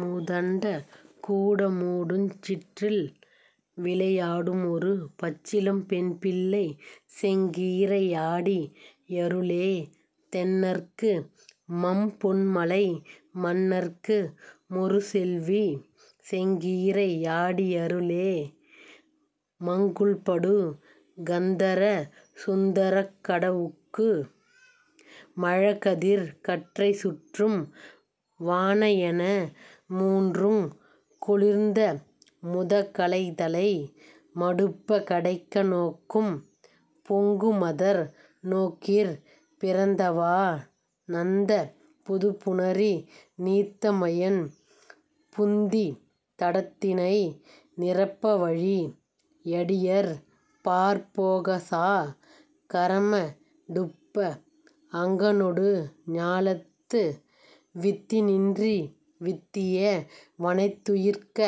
மூதண்ட கூடமூடுஞ் சிற்றில்விளை யாடுமொரு பச்சிளம் பெண்பிள்ளை செங்கீரை யாடி யருளே தென்னற்கு மம்பொன்மலை மன்னற்கு மொருசெல்வி செங்கீரை யாடி யருளே. மங்குல்படு கந்தரச் சுந்தரக் கடவுட்கு மழகதிர்க் கற்றை சுற்றும் வாணயன மூன்றுங் குளிர்ந்தமுத கலைதலை மடுப்பக் கடைக்க ணோக்கும் பொங்குமதர் நோக்கிற் பிறந்தவா னந்தப் புதுப்புணரி நீத்த மையன் புந்தித் தடத்தினை நிரப்பவழி யடியர்பாற் போகசா கரம டுப்ப அங்கணொடு ஞாலத்து வித்தின்றி வித்திய வனைத் துயிர்க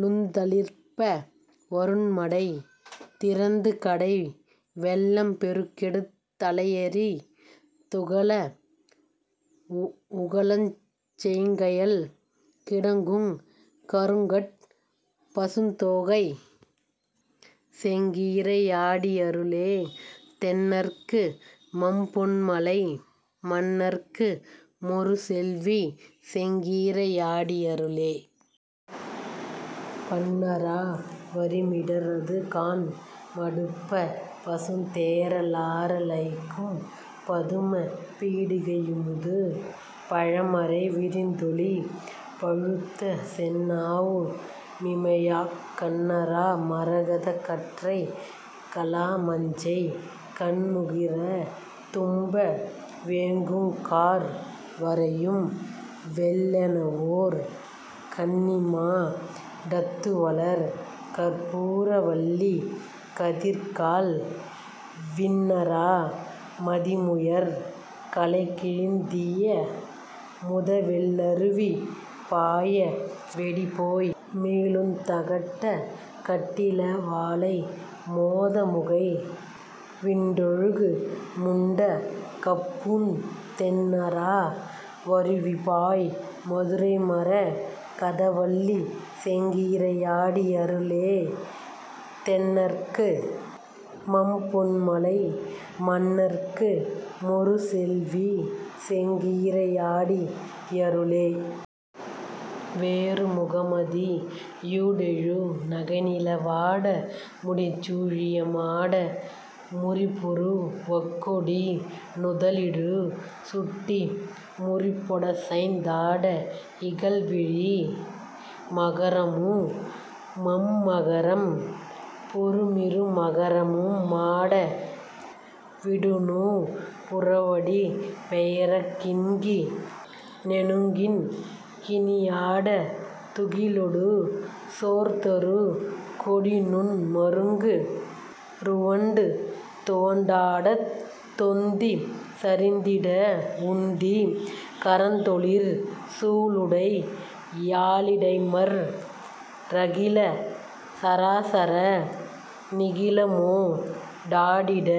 ளுந்தளிர்ப்ப வருண்மடை திறந்துகடை வெள்ளம் பெருக்கெடுத் தலையெறிந் துகள வுகளுஞ் செங்கயல் கிடக்குங் கருங்கட் பசுந்தோகை செங்கீரை யாடி யருளே தென்னற்கு மம்பொன்மலை மன்னற்கு மொருசெல்வி செங்கீரை யாடி யருளே. பண்ணறா வரிமிடற் றறுகாண் மடுப்பப் பசுந்தேற லாற லைக்கும் பதுமபீ டிகையுமுது பழமறை விரிந்தொளி பழுத்தசெந் நாவு மிமையாக் கண்ணறா மரகதக் கற்றைக் கலாமஞ்ஞை கண்முகி றதும்ப வேங்குங் கார்வரையும் வெள்ளெனவொர் கன்னிமா டத்துவளர் கற்பூர வல்லி கதிர்கால் விண்ணறா மதிமுயற் கலைகிழிந் திழியமுத வெள்ளருவி பாய வெடிபோய் மீளுந் தகட்டகட் டிளவாளை மோதமுகை விண்டொழுகு முண்ட கப்பூந் தெண்ணறா வருவிபாய் மதுரைமர கதவல்லி செங்கீரை யாடி யருளே தென்னற்கு மம்பொன்மலை மன்னற்கு மொருசெல்வி செங்கீரை யாடி யருளே. வேறு முகமதி யூடெழு நகைநில வாட முடிச்சூ ழியமாட முரிபுரு வக்கொடி நுதலிடு சுட்டி முரிப்பொ டசைந் தாட இகல்விழி மகரமு மம்மக ரம்பொரு மிருமக ரமுமாட விடுநூ புரவடி பெயரக் கிண்கி ணெனுங்கிண் கிணியாடத் துகிலொடு சோர்தரு கொடிநுண் மருங்கு றுவண்டு துவண்டாடத் தொந்தி சரிந்திட வுந்தி கரந்தொளிர் சூலுடை யாலிடைமற் றகில சராசர நிகிலமொ டாடிட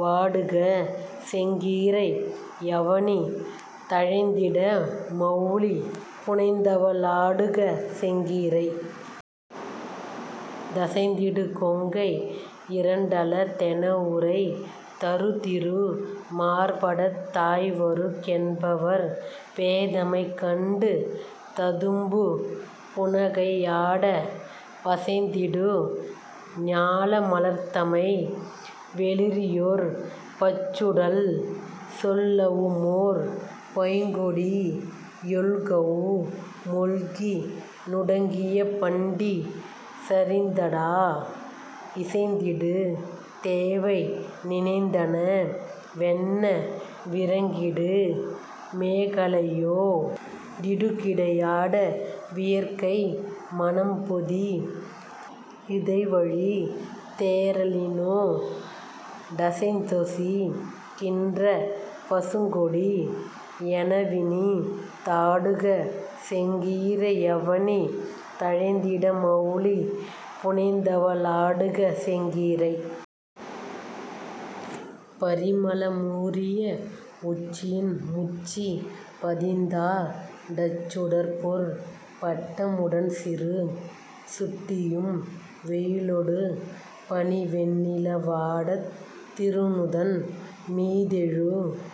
வாடுக செங்கீரை யவனி தழைந்திட மவுலி புனைந்தவ ளாடுக செங்கீரை. தசைந்திடு கொங்கை யிரண்டல தெனவுரை தருதிரு மார்பாடத் தாய்வரு கென்பவர் பேதைமை கண்டு ததும்புபு னகையாடப் பசைந்திடு ஞால மலர்ந்தமை வெளிறியொர் பச்சுடல் சொல்லவுமோர் பைங்கொடி யொல்கவு மொல்கி நுடங்கிய பண்டி சரிந்தாட இசைந்திடு தேவை நினைந்தன வென்ன விரங்கிடு மேகலையோ டிடுகிடை யாட வியற்கை மணம்பொதி யிதழ்வழி தேறலினோ டசைந்தொசி கின்ற பசுங்கொடி யெனவினி தாடுக செங்கீரை யவனி தழைந்திட மவுலி புனைந்தவ ளாடுக செங்கீரை. பரிமள மூறிய வுச்சியின் முச்சி பதிந்தா டச்சுடர்பொற் பட்டமு டன்சிறு சுட்டியும் வெயிலொடு பனிவெண் ணிலவாடத் திருநுதன் மீதெழு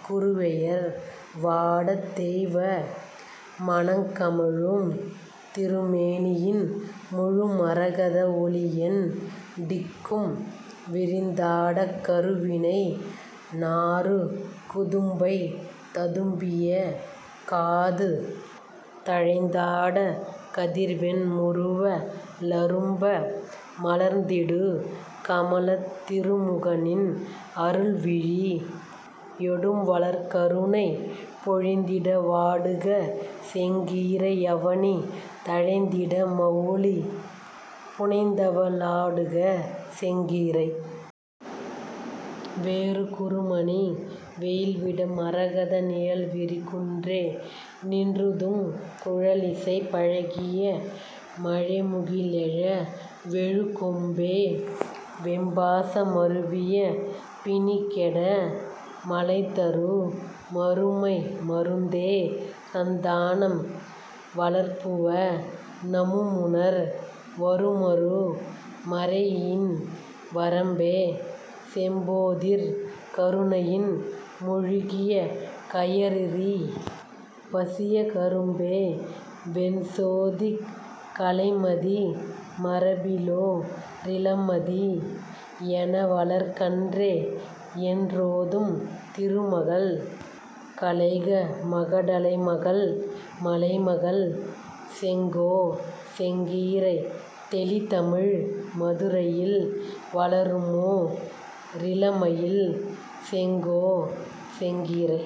குறுவெயர் வாடத் தெய்வம ணங்கமழுந் திருமேனியின் முழு மரகத வொளியெண் டிக்கும் விரிந்தாடக் கருவினை நாறு குதம்பை ததும்பிய காது தழைந்தாடக் கதிர்வெண் முறுவ லரும்ப மலர்ந்திடு கமலத் திருமுகநின் அருள்விழி யொடும்வளர் கருணை பொழிந்திட வாடுக செங்கீரை யவனி தழைந்திட மவுலி புனைந்தவ ளாடுக செங்கீரை. வேறு குருமணி வெயில்விட மரகத நிழல்விரி குன்றே நின்றூதுங் குழலிசை பழகிய மழைமுகி லெழவெழு கொம்பே வெம்பாச மருவிய பிணிகெட மலைதரு மருமைம ருந்தே சந்தானம் வளர்புவ னமுமுணர் வருமரு மறையின்வ ரம்பே செம்போதிற் கருணையின் முழுகிய கயறிரி பசியக ரும்பே வெண்சோதிக் கலைமதி மரபிலொ ரிளமதி யெனவளர் கன்றே யென்றோதும் திருமகள் கலைகமகடலைமகள் மலைமகள் செங்கோ செங்கீரை தெளிதமிழ் மதுரையில் வளருமொ ரிளமயில் செங்கோ செங்கீரை.